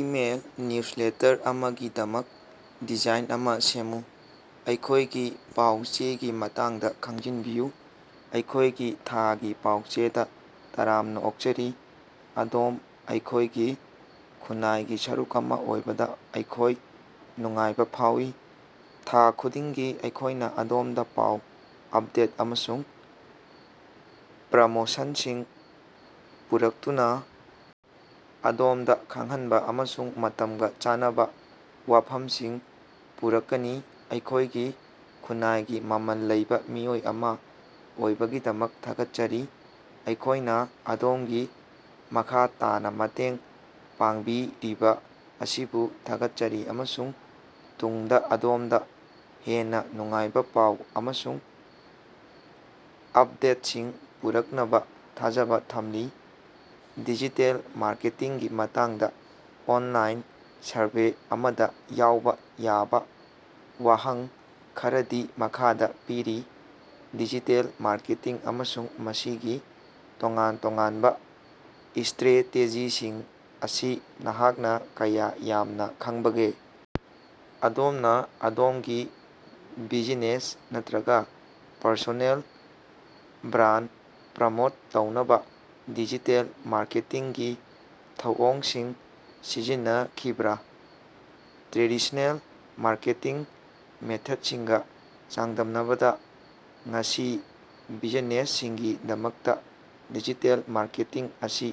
Email newsletter ꯑꯃꯒꯤꯗꯃꯛ design ꯑꯃꯥ ꯁꯦꯝꯃꯨ꯫ ꯑꯩꯈꯣꯏꯒꯤ ꯄꯥꯎ-ꯆꯦꯒꯤ ꯃꯇꯥꯡꯗꯥ ꯈꯪꯖꯤꯟꯕꯤꯌꯨ꯫ ꯑꯩꯈꯣꯏꯒꯤ ꯊꯥꯒꯤ ꯄꯥꯎꯆꯦꯗꯥ ꯇꯔꯥꯝꯅꯥ ꯑꯣꯛꯆꯔꯤ꯫ ꯑꯗꯣꯝ ꯑꯩꯈꯣꯏꯒꯤ ꯈꯨꯟꯅꯥꯏꯒꯤ ꯁꯔꯨꯛ ꯑꯃꯥ ꯑꯣꯏꯕꯗꯥ ꯑꯩꯈꯣꯏ ꯅꯨꯡꯉꯥꯏꯕꯥ ꯐꯥꯎꯏ꯫ ꯊꯥ ꯈꯨꯗꯤꯡꯒꯤ ꯑꯩꯈꯣꯏꯅꯥ ꯑꯗꯣꯝꯗꯥ ꯄꯥꯎ, ꯑꯞꯗꯦꯠ ꯑꯃꯁꯨꯡ ꯄ꯭ꯔꯃꯣꯁꯟꯁꯤꯡ ꯄꯨꯔꯛꯇꯨꯅꯥ ꯑꯗꯣꯝꯗꯥ ꯈꯪꯍꯟꯕꯥ ꯑꯃꯁꯨꯡ ꯃꯇꯝꯒꯥ ꯆꯥꯟꯅꯕꯥ ꯋꯥꯐꯝꯁꯤꯡ ꯄꯨꯔꯛꯀꯅꯤ꯫ ꯑꯩꯈꯣꯏꯒꯤ ꯈꯨꯟꯅꯥꯏꯒꯤ ꯃꯃꯜ ꯂꯩꯕꯥ ꯃꯤꯑꯣꯏ ꯑꯃꯥ ꯑꯣꯏꯕꯒꯤꯗꯃꯛ ꯊꯥꯒꯠꯆꯔꯤ꯫ ꯑꯩꯈꯣꯏꯅꯥ ꯑꯗꯣꯝꯒꯤ ꯃꯈꯥ ꯇꯥꯅꯥ ꯃꯇꯦꯡ ꯄꯥꯡꯕꯤꯔꯤꯕꯥ ꯑꯁꯤꯕꯨ ꯊꯥꯒꯠꯆꯔꯤ ꯑꯃꯁꯨꯡ ꯇꯨꯡꯗꯥ ꯑꯗꯣꯝꯗꯥ ꯍꯦꯟꯅꯥ ꯅꯨꯡꯉꯥꯏꯕꯥ ꯄꯥꯎ ꯑꯃꯁꯨꯡ ꯑꯞꯗꯦꯠꯁꯤꯡ ꯄꯨꯔꯛꯅꯕꯥ ꯊꯥꯖꯕꯥ ꯊꯝꯂꯤ꯫ ꯗꯤꯖꯤꯇꯦꯜ ꯃꯥꯔꯀꯦꯇꯤꯡꯒꯤ ꯃꯇꯥꯡꯗꯥ ꯑꯣꯟꯂꯥꯏꯟ ꯁꯔꯚꯦ ꯑꯃꯗꯥ ꯌꯥꯎꯕꯥ ꯌꯥꯕꯥ ꯋꯥꯍꯪ ꯈꯔꯗꯤ ꯃꯈꯥꯗꯥ ꯄꯤꯔꯤ: ꯗꯤꯖꯤꯇꯦꯜ ꯃꯥꯔꯀꯦꯇꯤꯡ ꯑꯃꯁꯨꯡ ꯃꯁꯤꯒꯤ ꯇꯣꯉꯥꯟ-ꯇꯣꯉꯥꯟꯕꯥ ꯏꯁꯇ꯭ꯔꯦꯇꯦꯖꯤꯁꯤꯡ ꯑꯁꯤ ꯅꯍꯥꯛꯅꯥ ꯀꯌꯥ ꯌꯥꯝꯅꯥ ꯈꯪꯕꯒꯦ? ꯑꯗꯣꯝꯅꯥ ꯑꯗꯣꯝꯒꯤ ꯕꯤꯖꯤꯅꯦꯁ ꯅꯠꯇ꯭ꯔꯒꯥ ꯄꯔꯁꯣꯅꯦꯜ ꯕ꯭ꯔꯥꯟ ꯄ꯭ꯔꯃꯣꯠ ꯇꯧꯅꯕꯥ ꯗꯤꯖꯤꯇꯦꯜ ꯃꯥꯔꯀꯦꯇꯤꯡꯒꯤ ꯊꯧꯑꯣꯡꯁꯤꯡ ꯁꯤꯖꯤꯟꯅꯈꯤꯕ꯭ꯔꯥ? ꯇ꯭ꯔꯦꯗꯤꯁꯅꯦꯜ ꯃꯥꯔꯀꯦꯇꯤꯡ ꯃꯦꯊꯠꯁꯤꯡꯒꯥ ꯆꯥꯡꯗꯝꯅꯕꯗꯥ ꯉꯁꯤ ꯕꯤꯖꯤꯅꯦꯁꯁꯤꯡꯒꯤꯗꯃꯛꯇꯥ ꯗꯤꯖꯤꯇꯦꯜ ꯃꯥꯔꯀꯦꯇꯤꯡ ꯑꯁꯤ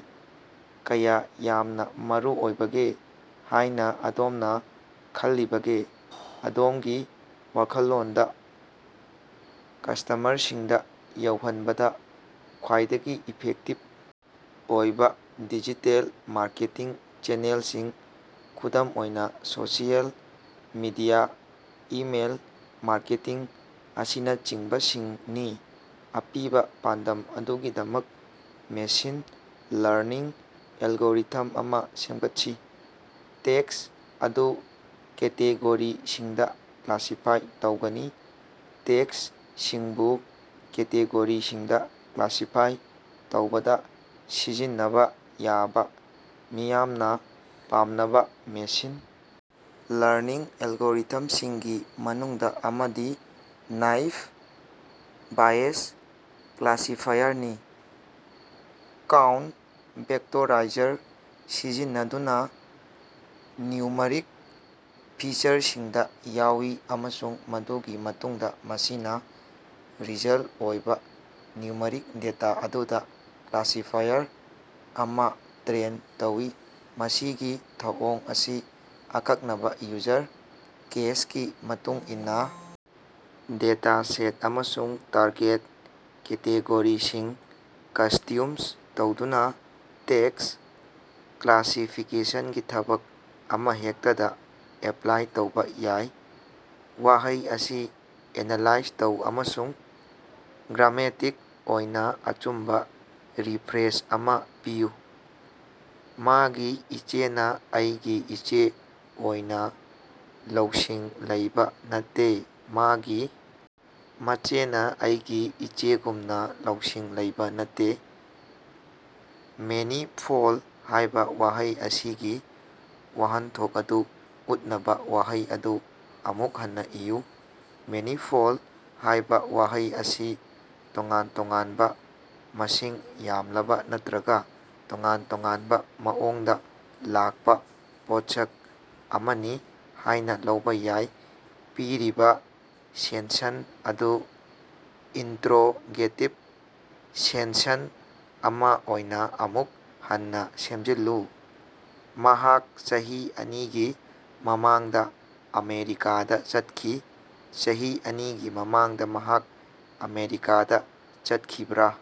ꯀꯌꯥ ꯌꯥꯝꯅꯥ ꯃꯔꯨꯑꯣꯏꯕꯒꯦ ꯍꯥꯏꯅꯥ ꯑꯗꯣꯝꯅꯥ ꯈꯜꯂꯤꯕꯒꯦ? ꯑꯗꯣꯝꯒꯤ ꯋꯥꯈꯜꯂꯣꯟꯗꯥ ꯀꯁ꯭ꯇꯃꯔꯁꯤꯡꯗꯥ ꯌꯧꯍꯟꯕꯗꯥ ꯈ꯭ꯋꯥꯏꯗꯒꯤ ꯏꯐꯦꯛꯇꯤꯕ ꯑꯣꯏꯕꯥ ꯗꯤꯖꯤꯇꯦꯜ ꯃꯥꯔꯀꯦꯇꯤꯡ ꯆꯦꯅꯦꯜꯁꯤꯡ ꯈꯨꯗꯝ ꯑꯣꯏꯅꯥ ꯁꯣꯁꯤꯑꯦꯜ ꯃꯤꯗꯤꯌꯥ, ꯏꯃꯦꯜ ꯃꯥꯔꯀꯦꯇꯤꯡ ꯑꯁꯤꯅꯆꯤꯡꯕꯁꯤꯡꯅꯤ꯫ ꯑꯄꯤꯕꯥ ꯄꯥꯟꯗꯝ ꯑꯗꯨꯒꯤꯗꯃꯛ ꯃꯦꯁꯤꯟ ꯂꯔꯅꯤꯡ ꯑꯦꯜꯒꯣꯔꯤꯊꯝ ꯑꯃꯥ ꯁꯦꯃꯒꯠꯁꯤ꯫ ꯇꯦꯛꯁ ꯑꯗꯨ ꯀꯦꯇꯦꯒꯣꯔꯤꯁꯤꯡꯗꯥ ꯀ꯭ꯂꯥꯁꯤꯐꯥꯏ ꯇꯧꯒꯅꯤ꯫ ꯇꯦꯛꯁꯁꯤꯡꯕꯨ ꯀꯦꯇꯦꯒꯣꯔꯤꯁꯤꯡꯗꯥ ꯀ꯭ꯂꯥꯁꯤꯐꯥꯏ ꯇꯧꯕꯗꯥ ꯁꯤꯖꯤꯟꯅꯕꯥ ꯌꯥꯕꯥ ꯃꯤꯌꯥꯝꯅꯥ ꯄꯥꯝꯅꯕꯥ ꯃꯦꯁꯤꯟ ꯂꯔꯅꯤꯡ ꯑꯦꯜꯒꯣꯔꯤꯊꯝꯁꯤꯡꯒꯤ ꯃꯅꯨꯡꯗꯥ ꯑꯃꯗꯤ ꯅꯦꯏꯞ ꯕꯥꯏꯌꯁ ꯀ꯭ꯂꯥꯁꯤꯐꯥꯏꯌꯔꯅꯤ꯫ ꯀꯥꯎꯟ-ꯚꯦꯛꯇꯣꯔꯥꯏꯖꯔ ꯁꯤꯖꯤꯟꯅꯗꯨꯅꯥ ꯅ꯭ꯌꯨꯃꯔꯤꯛ ꯐꯤꯆꯔꯁꯤꯡꯗꯥ ꯌꯥꯎꯏ ꯑꯃꯁꯨꯡ ꯃꯗꯨꯒꯤ ꯃꯇꯨꯡꯗꯥ ꯃꯁꯤꯅꯥ ꯔꯤꯖꯜ ꯑꯣꯏꯕꯥ ꯅ꯭ꯌꯨꯃꯔꯤꯛ ꯗꯦꯇꯥ ꯑꯗꯨꯗꯥ ꯀ꯭ꯂꯥꯁꯤꯐꯥꯏꯌꯔ ꯑꯃꯥ ꯇ꯭ꯔꯦꯟ ꯇꯧꯏ꯫ ꯃꯁꯤꯒꯤ ꯊꯧꯑꯣꯡ ꯑꯁꯤ ꯑꯀꯛꯅꯕꯥ ꯌꯨꯖꯔ ꯀꯦꯁꯀꯤ ꯃꯇꯨꯡ ꯏꯟꯅꯥ ꯗꯦꯇꯥꯁꯦꯠ ꯑꯃꯁꯨꯡ ꯇꯥꯔꯒꯦꯠ ꯀꯦꯇꯦꯒꯣꯔꯤꯁꯤꯡ ꯀꯁꯇ꯭ꯌꯨꯝꯁ ꯇꯧꯗꯨꯅꯥ ꯇꯦꯛꯁ ꯀ꯭ꯂꯥꯁꯤꯐꯤꯀꯦꯁꯟꯒꯤ ꯊꯕꯛ ꯑꯃꯍꯦꯛꯇꯗꯥ ꯑꯦꯄ꯭ꯂꯥꯏ ꯇꯧꯕꯥ ꯌꯥꯏ꯫ ꯋꯥꯍꯩ ꯑꯁꯤ ꯑꯦꯅꯥꯂꯥꯏꯖ ꯇꯧ ꯑꯃꯁꯨꯡ ꯒ꯭ꯔꯥꯃꯦꯇꯤꯛ ꯑꯣꯏꯅꯥ ꯑꯆꯨꯝꯕꯥ ꯔꯤꯐ꯭ꯔꯦꯖ ꯑꯃꯥ ꯄꯤꯌꯨ꯫ ꯃꯥꯒꯤ ꯏꯆꯦꯅꯥ ꯑꯩꯒꯤ ꯏꯆꯦ ꯑꯣꯏꯅꯥ ꯂꯧꯁꯤꯡ ꯂꯩꯕꯥ ꯅꯠꯇꯦ꯫ ꯃꯥꯒꯤ ꯃꯆꯦꯅꯥ ꯑꯩꯒꯤ ꯏꯆꯦꯒꯨꯝꯅꯥ ꯂꯧꯁꯤꯡ ꯂꯩꯕꯥ ꯅꯠꯇꯦ꯫ ꯃꯦꯅꯤꯐꯣꯜ ꯍꯥꯏꯕꯥ ꯋꯥꯍꯩ ꯑꯁꯤꯒꯤ ꯋꯥꯍꯟꯊꯣꯛ ꯑꯗꯨ ꯎꯠꯅꯕꯥ ꯋꯥꯍꯩ ꯑꯗꯨ ꯑꯃꯨꯛ ꯍꯟꯅꯥ ꯏꯌꯨ꯫ ꯃꯦꯅꯤꯐꯣꯜ ꯍꯥꯏꯕꯥ ꯋꯥꯍꯩ ꯑꯁꯤ ꯇꯣꯉꯥꯟ-ꯇꯣꯉꯥꯟꯕꯥ, ꯃꯁꯤꯡ ꯌꯥꯝꯂꯕꯥ ꯅꯠꯇ꯭ꯔꯒꯥ ꯇꯣꯉꯥꯟ-ꯇꯣꯉꯥꯟꯕꯥ ꯃꯑꯣꯡꯗꯥ ꯂꯥꯛꯄꯥ ꯄꯣꯠꯁꯛ ꯑꯃꯅꯤ ꯍꯥꯏꯅꯥ ꯂꯧꯕꯥ ꯌꯥꯏ꯫ ꯄꯤꯔꯤꯕꯥ ꯁꯦꯟꯁꯟ ꯑꯗꯨ ꯏꯟꯇ꯭ꯔꯣꯒꯦꯇꯤꯚ ꯁꯦꯟꯁꯟ ꯑꯃꯥ ꯑꯣꯏꯅꯥ ꯑꯃꯨꯛ ꯍꯟꯅꯥ ꯁꯦꯝꯖꯤꯜꯂꯨ꯫ ꯃꯍꯥꯛ ꯆꯍꯤ ꯑꯅꯤꯒꯤ ꯃꯃꯥꯡꯗꯥ ꯑꯃꯦꯔꯤꯀꯥꯗꯥ ꯆꯠꯈꯤ꯫ ꯆꯍꯤ ꯑꯅꯤꯒꯤ ꯃꯃꯥꯡꯗꯥ ꯃꯍꯥꯛ ꯑꯃꯦꯔꯤꯀꯥꯗꯥ ꯆꯠꯈꯤꯕ꯭ꯔꯥ?